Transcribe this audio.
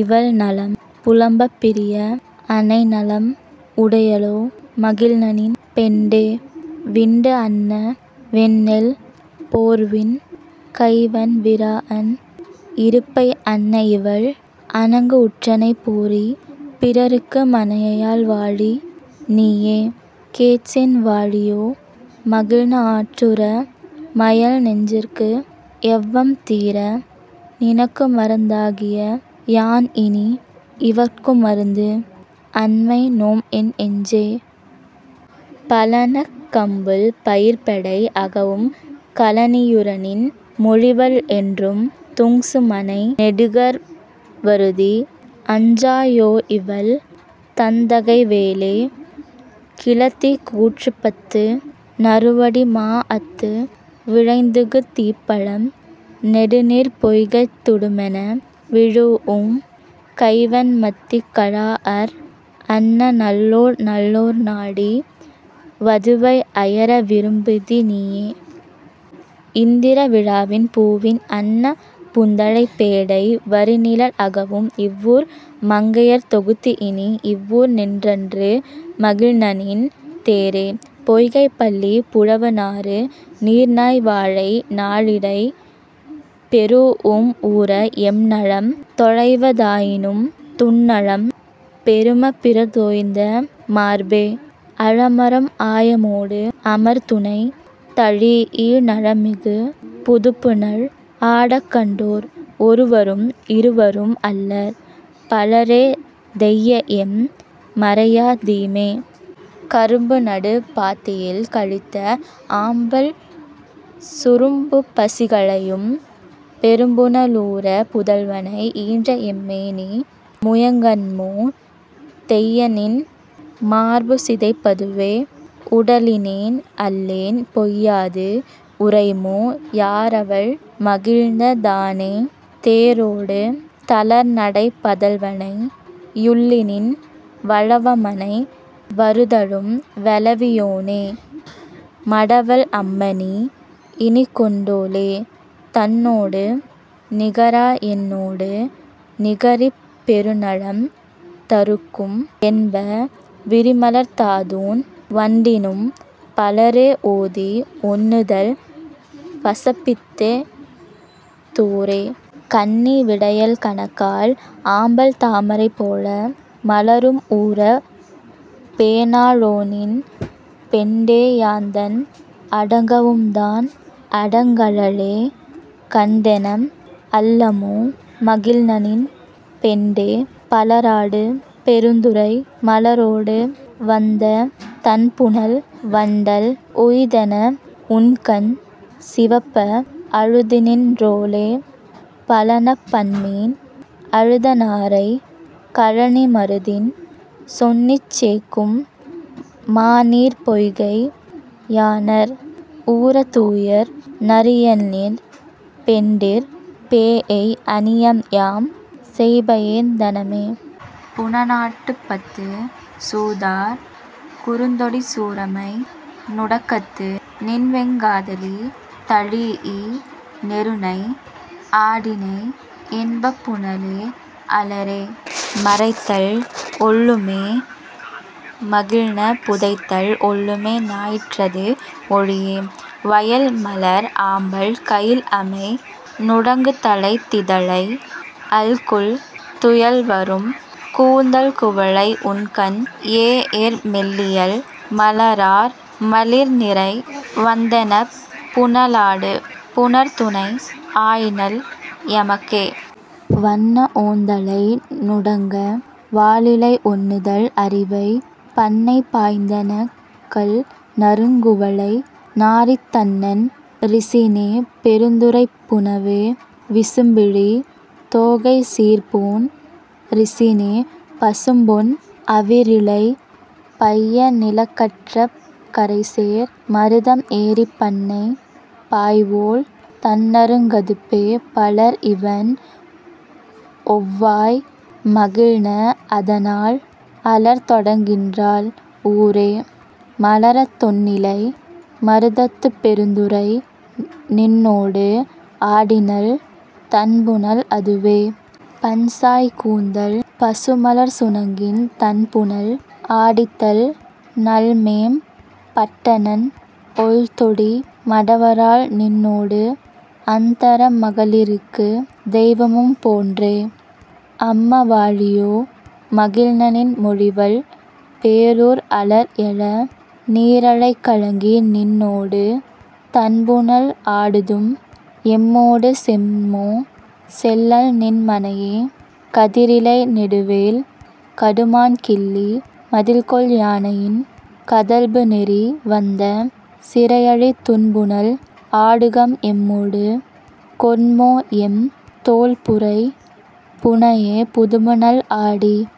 இவள் நலம் புலம்பப் பிரிய அனைநலம் உடையளோ மகிழ்நநின் பெண்டே. விண்டு அன்ன வெண்ணெல் போர்வின் கைவண் விராஅன் இருப்பை அன்ன இவள் அணங்கு உற்றனை போறி பிறர்க்கு மனையையால் வாழி நீயே. கேட்சின் வாழியோ மகிழ்ந ஆற்றுற மையல் நெஞ்சிற்கு எவ்வம் தீர நினக்குமருந் தாகிய யான்இனி இவட்குமருந்து அன்மை நோம்என் நெஞ்சே. பழனக் கம்புள் பயிர்ப்பெடை அகவும் கழனியுரநின் மொழிவல் என்றும் துங்சுமனை நெடுநகர் வருதி அஞ்சா யோஇவள் தந்தைகை வேலே. கிழத்தி கூற்றுப்பத்து நறுவடி மாஅத்து விளைந்துகு தீப்பழம் நெடுநீர்ப் பொய்கைத் துடுமென விழூஉம் கைவண்மத்தி கழாஅர் அன்ன நல்லோர் நல்லோர் நாடி வதுவை அயர விரும்புதி நீயே. இந்திர விழவின் பூவின் அன்ன புந்தலைப் பேடை வரிநிழல் அகவும் இவ்வூர் மங்கையர்த் தொகுத்துஇனி எவ்வூர் நின்றன்று மகிழ்நநின் தேரே. பொய்கைப் பள்ளிப் புலவுநாறு நீர்நாய் வாளை நாளிரை பெறூஉம் ஊர எம்நலம் தொலைவ தாயினும் துன்னலம் பெருமபிறர்த் தோய்ந்த மார்பே. அலமரல் ஆயமோடு அமர்துணை தழீஇ நலமிகு புதுப்புனல் ஆடக் கண்டோ ர் ஒருவரும் இருவரும் அல்லர் பலரே தெய்யஎம் மறையா தீமே. கரும்புநடு பாத்தியில் கலித்த ஆம்பல் சுரும்புபசி களையும் பெரும்புன லூர புதல்வனை ஈன்றஎம் மேனி முயங்கன்மோ தெய்யநின் மார்புசிதைப் பதுவே. உடலினேன் அல்லேன் பொய்யாது உரைமோ யாரவள் மகிழ்ந தானே தேரொடு தளர்நடைப் பதல்வனை யுள்ளிநின் வளவமனை வருதலும் வெளவி யோனே. மடவள் அம்மநீ இனிக்கொண்டோ ளே தன்னொடு நிகரா என்னொடு நிகரிப் பெருநலம் தருக்கும் என்ப விரிமலர்த் தாதுண் வண்டினும் பலரே ஓதி ஒண்ணுதல் பசப்பித் தோரே. கன்னி விடியல் கணக்கால் ஆம்பல் தாமரை போல மலரும் ஊர பேணா ளோநின் பெண்டே யாந்தன் அடங்கவும் தான்அடங் கலளே. கண்டனெம் அல்லமோ மகிழ்நநின் பெண்டே பலராடு பெருந்துரை மலரொடு வந்த தண்புனல் வண்டல் உய்த்தென உண்கண் சிவப்ப அழுதுநின் றோளே. பழனப் பன்மீன் அருந்த நாரை கழனி மருதின் சென்னிச் சேக்கும் மாநீர்ப் பொய்கை யாணர் ஊர தூயர் நறியர்நின் பெண்டிர் பேஎய் அனையம்யாம் சேய்பயந் தனமே.. புனலாட்டுப் பத்து சூதார் குறுந்தொடிச் சூரமை நுடக்கத்து நின்வெங் காதலி தழீஇ நெருநை ஆடினை என்ப புனலே அலரே மறைத்தல் ஒல்லுமோ மகிழ்ந புதைத்தல் ஒல்லுமோ ஞாயிற்றது ஒளியே. வயல்மலர் ஆம்பல் கயில்அமை நுடங்குதலைத் திதலை அல்குல் துயல்வரும் கூந்தல் குவளை உண்கன் ஏஎர் மெல்லியல் மலரார் மலிர்நிறை வந்தெனப் புனலாடு புணர்துனை ஆயினள் எமக்கே. வண்ண ஒந்தழை நுடங்க வாலிழை ஒண்ணுதல் அரிவை பண்ணை பாய்ந்தெனக் கள்நறுங் குவளை நாறித் தண்ணென் றிசினே பெருந்துறைப் புனவே. விசும்பிழி தோகைச் சீர்போன் றிசினே பசும்பொன் அவிரிழை பைய நிழற்றக் கரைசேர் மருதம் ஏறிப் பண்ணை பாய்வோள் தண்ணறுங் கதுப்பே. பலர் இவண் ஒவ்வாய் மகிழ்ந அதனால் அலர்தொடங் கின்றால் ஊரே மலர தொன்னிலை மருதத்துப் பெருந்துறை நின்னோடு ஆடினள் தண்புனல் அதுவே. பஞ்சாய்க் கூந்தல் பசுமலர்ச் சுணங்கின் தண்புணல் ஆடித்தல் நல்ம்மேம் பட்டனள் ஒள்தொடி மடவரால் நின்னோடு அந்தர மகளிர்க்குத் தெய்வமும் போன்றே. அம்ம வாழியோ மகிழ்நநின் மொழிவல் பேரூர் அலர்எழ நீரலைக் கலங்கி நின்னொடு தண்புணல் ஆடுதும் எம்மோடு சென்மோ செல்லல்நின் மனையே. கதிரிலை நெடுவேல் கடுமான் கிள்ளி மதில்கொல் யானையின் கதழ்புநெறி வந்த சிறையழி புதுப்புனல் ஆடுகம் எம்மொடு கொண்மோஎம் தோள்புரை புனையே. புதுப்புனல் ஆடி